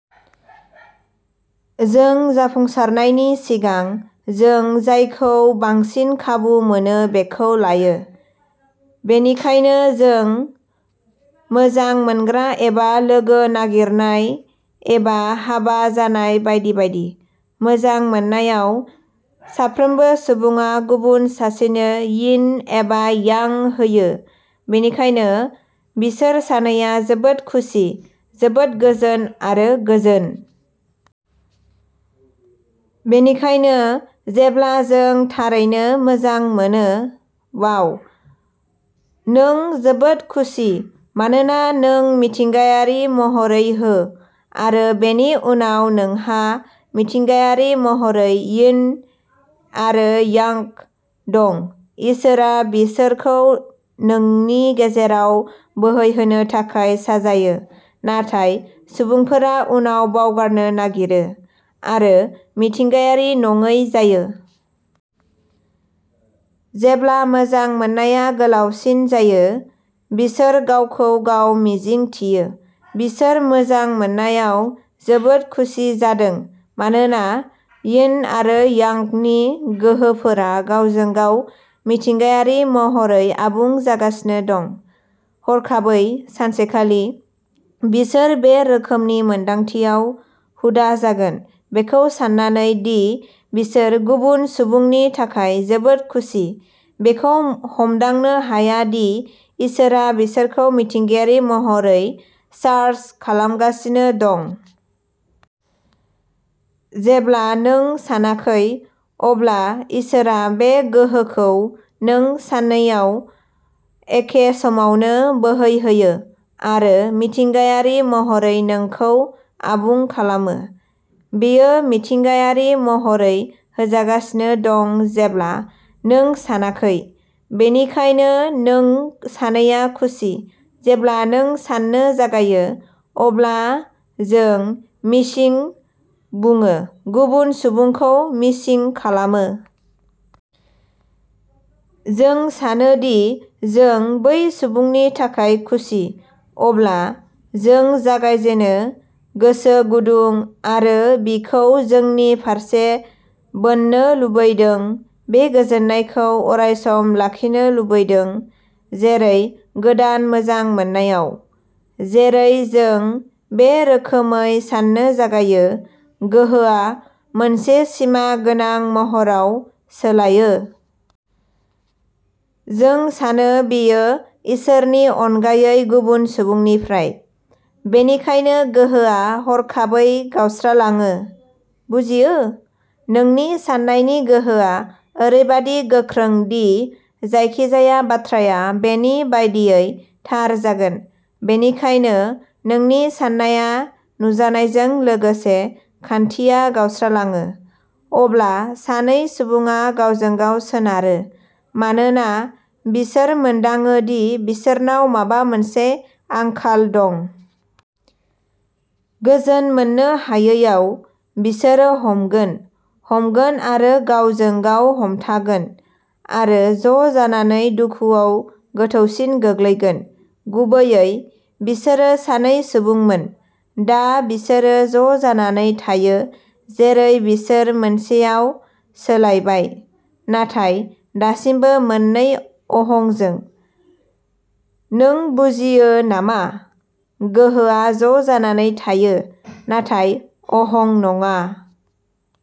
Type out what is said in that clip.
जों जाफुंसारनायनि सिगां, जों जायखौ बांसिन खाबु मोनो बेखौ लायो। बेनिखायनो, जों मोजां मोनग्रा एबा लोगो नागिरनाय, एबा हाबा जानाय बायदि बायदि। मोजां मोननायाव, साफ्रोमबो सुबुङा गुबुन सासेनो यिन एबा यां होयो। बेनिखायनो, बिसोर सानैया जोबोद खुसि, जोबोद गोजोन आरो गोजोन। बेनिखायनो, जेब्ला नों थारैनो मोजां मोनो, वाव! नों जोबोद खुसि, मानोना नों मिथिंगायारि महरै हो, आरो बेनि उनाव नोंहा मिथिंगायारि महरै यिन आरो यांग दं। इसोरआ बिसोरखौ नोंनि गेजेराव बोहैहोनो थाखाय साजायो। नाथाय, सुबुंफोरा उनाव बावगारनो नागिरो, आरो मिथिंगायारि नङै जायो। जेब्ला मोजां मोननाया गोलावसिन जायो, बिसोर गावजों गाव मिजिंथियो! बिसोर मोजां मोननायाव जोबोद खुसि जादों मानोना यिन आरो यांगनि गोहोफोरा गावजों गाव मिथिंगायारि महरै आबुं जागासिनो दं। हरखाबै, सानसेखालि, बिसोर बे रोखोमनि मोनदांथियाव हुदा जागोन, बेखौ सान्नानै दि बिसोर गुबुन सुबुंनि थाखाय जोबोद खुसि, बेखौ हमदांनो हाया दि इसोरआ बिसोरखौ मिथिंगायारि महरै चार्ज खालामगासिनो दं। जेब्ला नों सानाखै, अब्ला इसोरआ बे गोहोखौ नों सानैनाव एखे समावनो बोहैहोयो आरो मिथिंगायारि महरै नोंखौ आबुं खालामो। बेयो मिथिंगायारि महरै होजागासिनो दं जेब्ला नों सानाखै। बेनिखायनो नों सानैया खुसि। जेब्ला नों सान्नो जागायो, अब्ला जों "मिसिं" बुङो, गुबुन सुबुंखौ मिसिं खालामो। जों सानो दि जों बै सुबुंनि थाखाय खुसि। अब्ला, जों जागायजेनो गोसो गुदुं, आरो बिखौ जोंनि फारसे बोननो लुबैदों, बे गोजोननायखौ अरायसम लाखिनो लुबैदों, जेरै गोदान मोजां मोननायाव। जेरै जों बे रोखोमै साननो जागायो, गोहोआ मोनसे सिमा गोनां महराव सोलायो। जों सानो बेयो इसोरनि अनगायै गुबुन सुबुंनिफ्राय। बेनिखायनो गोहोआ हरखाबै गावस्रालाङो, बुजियो? जोंनि साननायनि गोहोआ ओरैबादि गोख्रों दि जायखिजाया बाथ्राया बेनि बायदियै थार जागोन। बेनिखायनो, नोंनि साननाया नुजानायजों लोगोसे, खान्थिया गावस्रालाङो। अब्ला सानै सुबुङा गावजों गाव सोनारो, मानोना बिसोर मोनदाङो दि बिसोरनाव माबा मोनसे आंखाल दं! गोजोन मोननो हायैयाव, बिसोरो हमगोन, हमगोन आरो गावजों गाव हमथागोन, आरो ज'जानानै दुखुआव गोथौसिन गोग्लैगोन। गुबैयै, बिसोरो सानै सुबुंमोन, दा बिसोरो ज'जानानै थायो जेरै बिसोर मोनसेयाव सोलायबाय, नाथाय दासिमबो मोननै अहंजों। नों बुजियो नामा? गोहोआ ज'जानानै थायो, नाथाय अहं नङा!